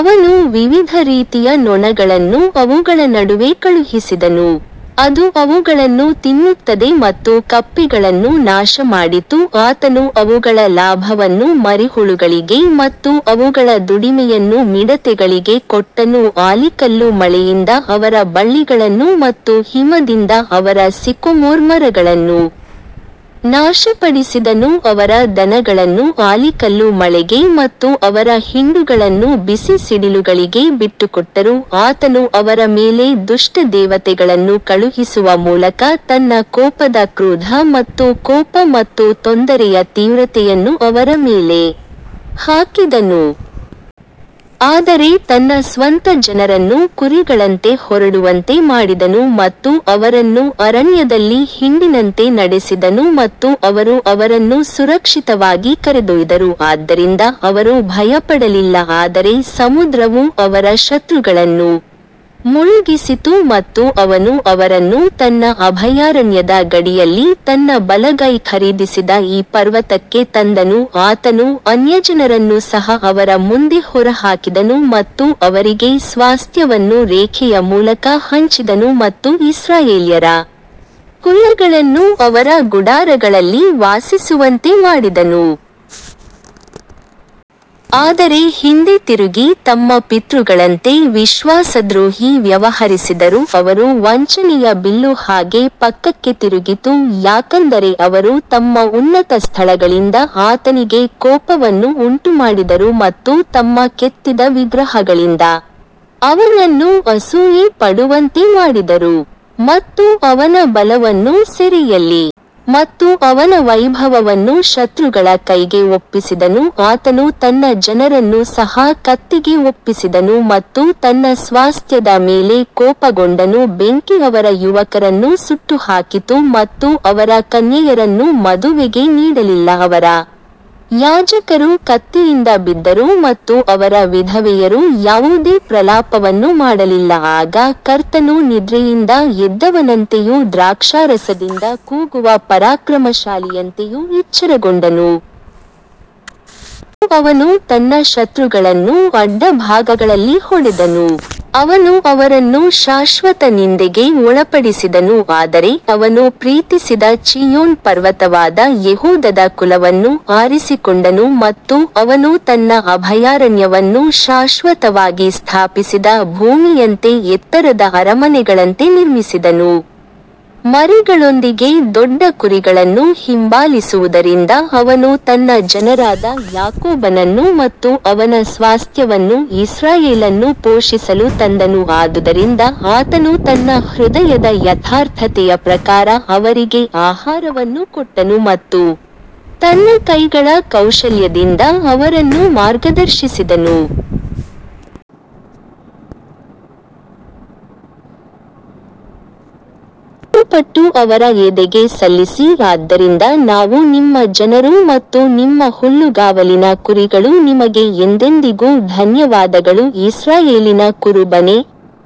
ಅವನು ವಿವಿಧ ರೀತಿಯ ನೊಣಗಳನ್ನು ಅವುಗಳ ನಡುವೆ ಕಳುಹಿಸಿದನು, ಅದು ಅವುಗಳನ್ನು ತಿನ್ನುತ್ತದೆ ಮತ್ತು ಕಪ್ಪೆಗಳನ್ನು ನಾಶಮಾಡಿತು ಆತನು ಅವುಗಳ ಲಾಭವನ್ನು ಮರಿಹುಳುಗಳಿಗೆ ಮತ್ತು ಅವುಗಳ ದುಡಿಮೆಯನ್ನು ಮಿಡತೆಗಳಿಗೆ ಕೊಟ್ಟನು ಆಲಿಕಲ್ಲು ಮಳೆಯಿಂದ ಅವರ ಬಳ್ಳಿಗಳನ್ನು ಮತ್ತು ಹಿಮದಿಂದ ಅವರ ಸಿಕೊಮೊರ್ ಮರಗಳನ್ನು ನಾಶಪಡಿಸಿದನು ಅವರ ದನಗಳನ್ನು ಆಲಿಕಲ್ಲು ಮಳೆಗೆ ಮತ್ತು ಅವರ ಹಿಂಡುಗಳನ್ನು ಬಿಸಿ ಸಿಡಿಲುಗಳಿಗೆ ಬಿಟ್ಟುಕೊಟ್ಟರು ಆತನು ಅವರ ಮೇಲೆ ದುಷ್ಟ ದೇವತೆಗಳನ್ನು ಕಳುಹಿಸುವ ಮೂಲಕ ತನ್ನ ಕೋಪದ ಕ್ರೋಧ ಮತ್ತು ಕೋಪ ಮತ್ತು ತೊಂದರೆಯ ತೀವ್ರತೆಯನ್ನು ಅವರ ಮೇಲೆ ಹಾಕಿದನು. ಆದರೆ ತನ್ನ ಸ್ವಂತ ಜನರನ್ನು ಕುರಿಗಳಂತೆ ಹೊರಡುವಂತೆ ಮಾಡಿದನು ಮತ್ತು ಅವರನ್ನು ಅರಣ್ಯದಲ್ಲಿ ಹಿಂಡಿನಂತೆ ನಡೆಸಿದನು ಮತ್ತು ಅವರು ಅವರನ್ನು ಸುರಕ್ಷಿತವಾಗಿ ಕರೆದೊಯ್ದರು ಆದ್ದರಿಂದ ಅವರು ಭಯಪಡಲಿಲ್ಲ ಆದರೆ ಸಮುದ್ರವು ಅವರ ಶತ್ರುಗಳನ್ನು ಮುಳುಗಿಸಿತು ಮತ್ತು ಅವನು ಅವರನ್ನು ತನ್ನ ಅಭಯಾರಣ್ಯದ ಗಡಿಯಲ್ಲಿ ತನ್ನ ಬಲಗೈ ಖರೀದಿಸಿದ ಈ ಪರ್ವತಕ್ಕೆ ತಂದನು ಆತನು ಅನ್ಯಜನರನ್ನು ಸಹ ಅವರ ಮುಂದೆ ಹೊರಹಾಕಿದನು ಮತ್ತು ಅವರಿಗೆ ಸ್ವಾಸ್ತ್ಯವನ್ನು ರೇಖೆಯ ಮೂಲಕ ಹಂಚಿದನು ಮತ್ತು ಇಸ್ರಾಯೇಲ್ಯರ ಕುಲಗಳನ್ನು ಅವರ ಗುಡಾರಗಳಲ್ಲಿ ವಾಸಿಸುವಂತೆ ಮಾಡಿದನು. ಆದರೆ ಹಿಂದೆ ತಿರುಗಿ ತಮ್ಮ ಪಿತೃಗಳಂತೆ ವಿಶ್ವಾಸದ್ರೋಹಿ ವ್ಯವಹರಿಸಿದರು ಅವರು ವಂಚನೆಯ ಬಿಲ್ಲು ಹಾಗೆ ಪಕ್ಕಕ್ಕೆ ತಿರುಗಿತು ಯಾಕಂದರೆ ಅವರು ತಮ್ಮ ಉನ್ನತ ಸ್ಥಳಗಳಿಂದ ಆತನಿಗೆ ಕೋಪವನ್ನು ಉಂಟುಮಾಡಿದರು ಮತ್ತು ತಮ್ಮ ಕೆತ್ತಿದ ವಿಗ್ರಹಗಳಿಂದ ಅವನನ್ನು ಅಸೂಯೆ ಪಡುವಂತೆ ಮಾಡಿದರು. ಮತ್ತು ಅವನ ಬಲವನ್ನು ಸೆರೆಯಲ್ಲಿ ಮತ್ತು ಅವನ ವೈಭವವನ್ನು ಶತ್ರುಗಳ ಕೈಗೆ ಒಪ್ಪಿಸಿದನು ಆತನು ತನ್ನ ಜನರನ್ನು ಸಹ ಕತ್ತಿಗೆ ಒಪ್ಪಿಸಿದನು ಮತ್ತು ತನ್ನ ಸ್ವಾಸ್ತ್ಯದ ಮೇಲೆ ಕೋಪಗೊಂಡನು ಬೆಂಕಿ ಅವರ ಯುವಕರನ್ನು ಸುಟ್ಟುಹಾಕಿತು ಮತ್ತು ಅವರ ಕನ್ಯೆಯರನ್ನು ಮದುವೆಗೆ ನೀಡಲಿಲ್ಲ ಅವರ ಯಾಜಕರು ಕತ್ತಿಯಿಂದ ಬಿದ್ದರು ಮತ್ತು ಅವರ ವಿಧವೆಯರು ಯಾವುದೇ ಪ್ರಲಾಪವನ್ನು ಮಾಡಲಿಲ್ಲ ಆಗ ಕರ್ತನು ನಿದ್ರೆಯಿಂದ ಎದ್ದವನಂತೆಯೂ ದ್ರಾಕ್ಷಾರಸದಿಂದ ಕೂಗುವ ಪರಾಕ್ರಮಶಾಲಿಯಂತೆಯೂ ಎಚ್ಚರಗೊಂಡನು. ಮತ್ತು ಅವನು ತನ್ನ ಶತ್ರುಗಳನ್ನು ಅಡ್ಡ ಭಾಗಗಳಲ್ಲಿ ಹೊಡೆದನು, ಅವನು ಅವರನ್ನು ಶಾಶ್ವತ ನಿಂದೆಗೆ ಒಳಪಡಿಸಿದನು ಆದರೆ ಅವನು ಪ್ರೀತಿಸಿದ ಚೀಯೋನ್ ಪರ್ವತವಾದ ಯೆಹೂದದ ಕುಲವನ್ನು ಆರಿಸಿಕೊಂಡನು ಮತ್ತು ಅವನು ತನ್ನ ಅಭಯಾರಣ್ಯವನ್ನು ಶಾಶ್ವತವಾಗಿ ಸ್ಥಾಪಿಸಿದ ಭೂಮಿಯಂತೆ ಎತ್ತರದ ಅರಮನೆಗಳಂತೆ ನಿರ್ಮಿಸಿದನು ಮರಿಗಳೊಂದಿಗೆ ದೊಡ್ಡ ಕುರಿಗಳನ್ನು ಹಿಂಬಾಲಿಸುವುದರಿಂದ ಅವನು ತನ್ನ ಜನರಾದ ಯಾಕೋಬನನ್ನು ಮತ್ತು ಅವನ ಸ್ವಾಸ್ತ್ಯವನ್ನು ಇಸ್ರಾಯೇಲನ್ನು ಪೋಷಿಸಲು ತಂದನು ಆದುದರಿಂದ ಆತನು ತನ್ನ ಹೃದಯದ ಯಥಾರ್ಥತೆಯ ಪ್ರಕಾರ ಅವರಿಗೆ ಆಹಾರವನ್ನು ಕೊಟ್ಟನು ಮತ್ತು ತನ್ನ ಕೈಗಳ ಕೌಶಲ್ಯದಿಂದ ಅವರನ್ನು ಮಾರ್ಗದರ್ಶಿಸಿದನು. ಏಳುಪಟ್ಟು ಅವರ ಎದೆಗೆ ಸಲ್ಲಿಸಿ ಆದ್ದರಿಂದ ನಾವು ನಿಮ್ಮ ಜನರು ಮತ್ತು ನಿಮ್ಮ ಹುಲ್ಲುಗಾವಲಿನ ಕುರಿಗಳು ನಿಮಗೆ ಎಂದೆಂದಿಗೂ ಧನ್ಯವಾದಗಳು ಇಸ್ರಾಯೇಲಿನ ಕುರುಬನೇ,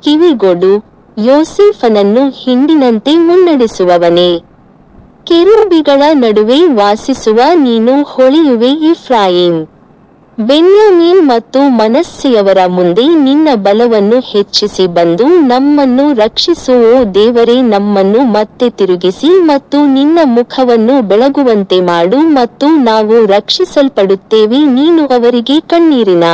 ಕಿವಿಗೊಡು, ಯೋಸೇಫನನ್ನು ಹಿಂಡಿನಂತೆ ಮುನ್ನಡೆಸುವವನೇ, ಕೆರೂಬಿಗಳ ನಡುವೆ ವಾಸಿಸುವ ನೀನು ಹೊಳೆಯುವೆ ಎಫ್ರಾಯೀಮ್, ಬೆನ್ಯಾಮೀನ್ ಮತ್ತು ಮನಸ್ಸೆಯವರ ಮುಂದೆ ನಿನ್ನ ಬಲವನ್ನು ಹೆಚ್ಚಿಸಿ ಬಂದು ನಮ್ಮನ್ನು ರಕ್ಷಿಸು ಓ ದೇವರೇ ನಮ್ಮನ್ನು ಮತ್ತೆ ತಿರುಗಿಸಿ ಮತ್ತು ನಿನ್ನ ಮುಖವನ್ನು ಬೆಳಗುವಂತೆ ಮಾಡು ಮತ್ತು ನಾವು ರಕ್ಷಿಸಲ್ಪಡುತ್ತೇವೆ ನೀನು ಅವರಿಗೆ ಕಣ್ಣೀರಿನ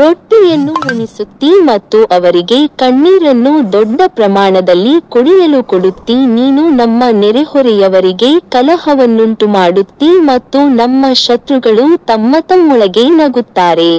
ರೊಟ್ಟಿಯನ್ನು ಉಣಿಸುತ್ತೀ ಮತ್ತು ಅವರಿಗೆ ಕಣ್ಣೀರನ್ನು ದೊಡ್ಡ ಪ್ರಮಾಣದಲ್ಲಿ ಕುಡಿಯಲು ಕೊಡುತ್ತೀ ನೀನು ನಮ್ಮ ನೆರೆಹೊರೆಯವರಿಗೆ ಕಲಹವನ್ನುಂಟುಮಾಡುತ್ತೀ ಮತ್ತು ನಮ್ಮ ಶತ್ರುಗಳು ತಮ್ಮತಮ್ಮೊಳಗೆ ನಗುತ್ತಾರೆ.